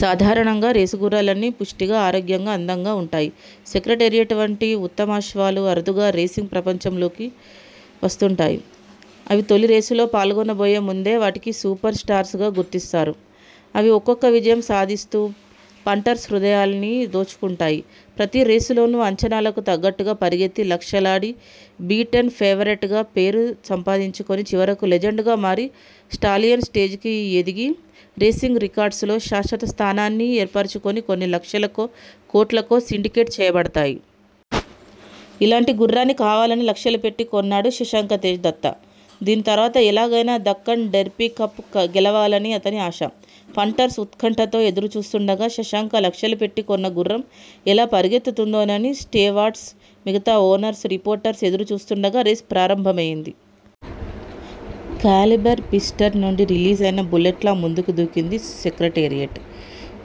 సాధారణంగా రేసుగుర్రాలన్నీ పుష్టిగా, ఆరోగ్యంగా, అందంగా ఉంటాయి. సెక్రెటేరియట్ వంటి ఉత్తమాశ్వాలు అరుదుగా రేసింగ్ ప్రపంచంలోకి వస్తుంటాయి. అవి తొలిరేసులో పాల్గొనబోయే ముందే వాటికి సూపర్ స్టార్స్ గా గుర్తిస్తారు, అవి ఒక్కొక్క విజయం సాదిస్తూ పంటర్స్ హృదయాల్ని దోచుకుంటాయి. ప్రతి రేసులోనూ అంచనాలకు తగ్గట్టుగా పరిగెత్తి లక్షలాడి బీటెన్ ఫేవరేట్ గా పేరు సంపాదించుకొని చివరకు లెజెండ్ గా మారి స్టాలియన్ స్టేజ్ కి ఎదిగి రేసింగ్ రికార్డ్సులో శాశ్వత స్థానాన్ని ఏర్పరచుకొని కొన్ని లక్షలకో, కోట్లకో సిండికేట్ చేయబడతాయి. ఇలాంటి గుర్రాన్ని కావాలనే లక్షలు పెట్టి కొన్నాడు శశాంక తేజ్ దత్త. దీని ద్వారా ఎలాగయినా దక్కన్ డెర్బీ కప్ గెలవాలని అతని ఆశ. పంటర్స్ ఉత్కంఠతో దురుచూస్తుండగా, శశాంక లక్షలు పెట్టి కొన్న గుర్రం ఎలా పరుగెత్తుతుందోనని స్టేవార్ట్స్, మిగతా ఓనర్స్ రిపోర్టర్స్ ఎదురుచూస్తుండగా రేస్ ప్రారంభమయింది. కాలిబర్ పిస్టర్ నుండి రిలీజ్ అయిన బుల్లెట్ లా ముందుకు దూకింది సెక్రెటేరియట్,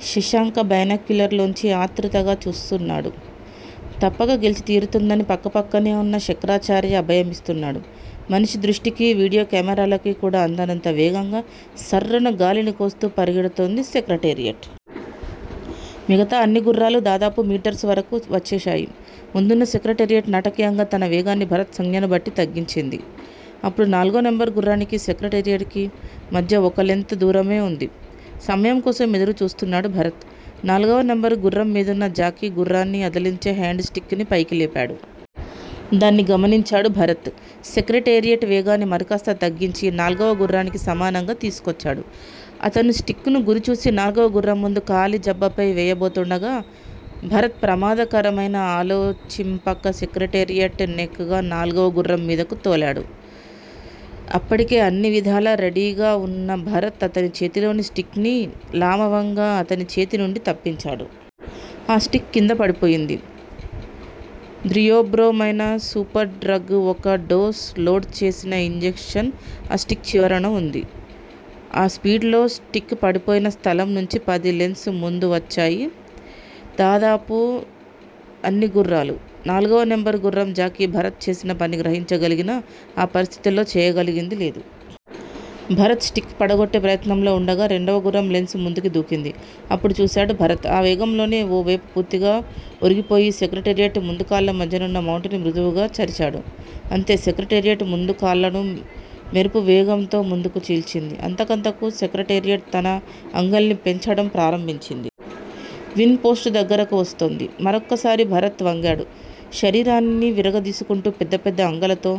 శశాంక బైనాక్యులర్ లోంచి ఆతృతగా చూస్తున్నాడు. తప్పక గెల్చి తీరుతుందని పక్కపక్కనే ఉన్న శక్రాచార్య అభయమిస్తున్నాడు. మనిషి దృష్టికి, వీడియో కెమేరాలకి కూడా అందనంత వేగంగా సర్రున గాలిని కోస్తూ పరుగెడుతోంది సెక్రటేరియట్. మిగతా అన్ని గుర్రాలు దాదాపు మీటర్సు వరకు వచ్చేశాయి. ముందున్న సెక్రటేరియట్ నాటకీయంగా తన వేగాన్ని భరత్ సంజ్ఞను బట్టి తగ్గించింది. అప్పుడు నాలుగో నెంబర్ గుర్రానికి సెక్రెటేరియట్ కీ మధ్య ఒక లెంత్ దూరమే ఉంది. సమయం కోసం ఎదురు చూస్తున్నాడు భరత్. నాల్గవ నెంబరు గుర్రం మీదున్న జాకీ గుర్రాన్ని అదలించే హేండ్ స్టిక్ ని పైకి లేపాడు. దాన్ని గమనించాడు భరత్. సెక్రెటేరియట్ వేగాన్ని మరికాస్త తగ్గించి నాల్గవ గుర్రానికి సమానంగా తీసుకొచ్చాడు. అతను స్టిక్ ను గురిచూసి నాల్గవ గుర్రం ముందు కాలి జబ్బపై వేయబోతుండగా భరత్ ప్రమాదకరమయినా ఆలోచింపక సెక్రెటేరియట్ నేక్ గా నాల్గవ గుర్రం మీదకు తోలాడు, అప్పటికే అన్నివిధాల రడీగా ఉన్న భరత్ అతని చేతిలోని స్టిక్ ని లామవంగా అతని చేతి నుంచి తప్పించాడు. ఆ స్టిక్ కిందపడిపోయింది. ద్రియోబ్రో మైన సూపర్ డ్రగు ఒక డోస్ లోడ్ చేసిన ఇంజెక్షన్ ఆ స్టిక్ చివరన ఉంది. ఆ స్పీడ్ లో స్టిక్ పడిపోయిన స్థలం నుంచి పది లెంత్స్ ముందు వచ్చాయి దాదాపు అన్ని గుర్రాలు. నాల్గవ నెంబర్ గుర్రం జాకీ భరత్ చేసిన పని గ్రహించగలిగినా ఆ పరిస్థితుల్లో చేయగలిగింది లేదు. భరత్ స్టిక్ పడగొట్టే ప్రయత్నంలో ఉండగా రెండవ గుర్రం లెంత్స్ ముందుకి దూకింది. అప్పుడు చూసాడు భరత్. ఆ వేగంలోనే ఓ వేపు పూర్తిగా ఒరిగిపోయి సెక్రెటేరియట్ ముందుకాళ్ళ మధ్యనున్న మౌంట్ ని మృదువుగా చరిచాడు, అంతే సెక్రటేరియట్ ముందుకాళ్ళను మెరుపువేగంతో ముందుకు చీల్చింది. అంతకంతకు సెక్రటేరియట్ తన అంగల్ని పెంచటం ప్రారంభించింది. విన్ పోస్ట్ దగ్గరకు వస్తోంది. మరొక్కసారి భరత్ వంగాడు. శరీరాన్ని విరగదీసుకుంటూ పెద్ద పెద్ద అంగలతో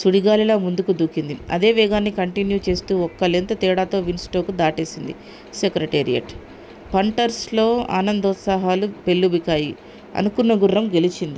సుడిగాలిలా ముందుకు దూకింది. అదే వేగాన్ని కంటిన్యూ చేస్తూ ఒక్క లెంత్ తేడాతో విన్ స్టోకు దాటేసింది సెక్రటేరియట్. పంటర్స్ లో ఆనందోత్సాహాలు పెల్లుబికాయి. అనుకున్న గుర్రం గెలిచింది.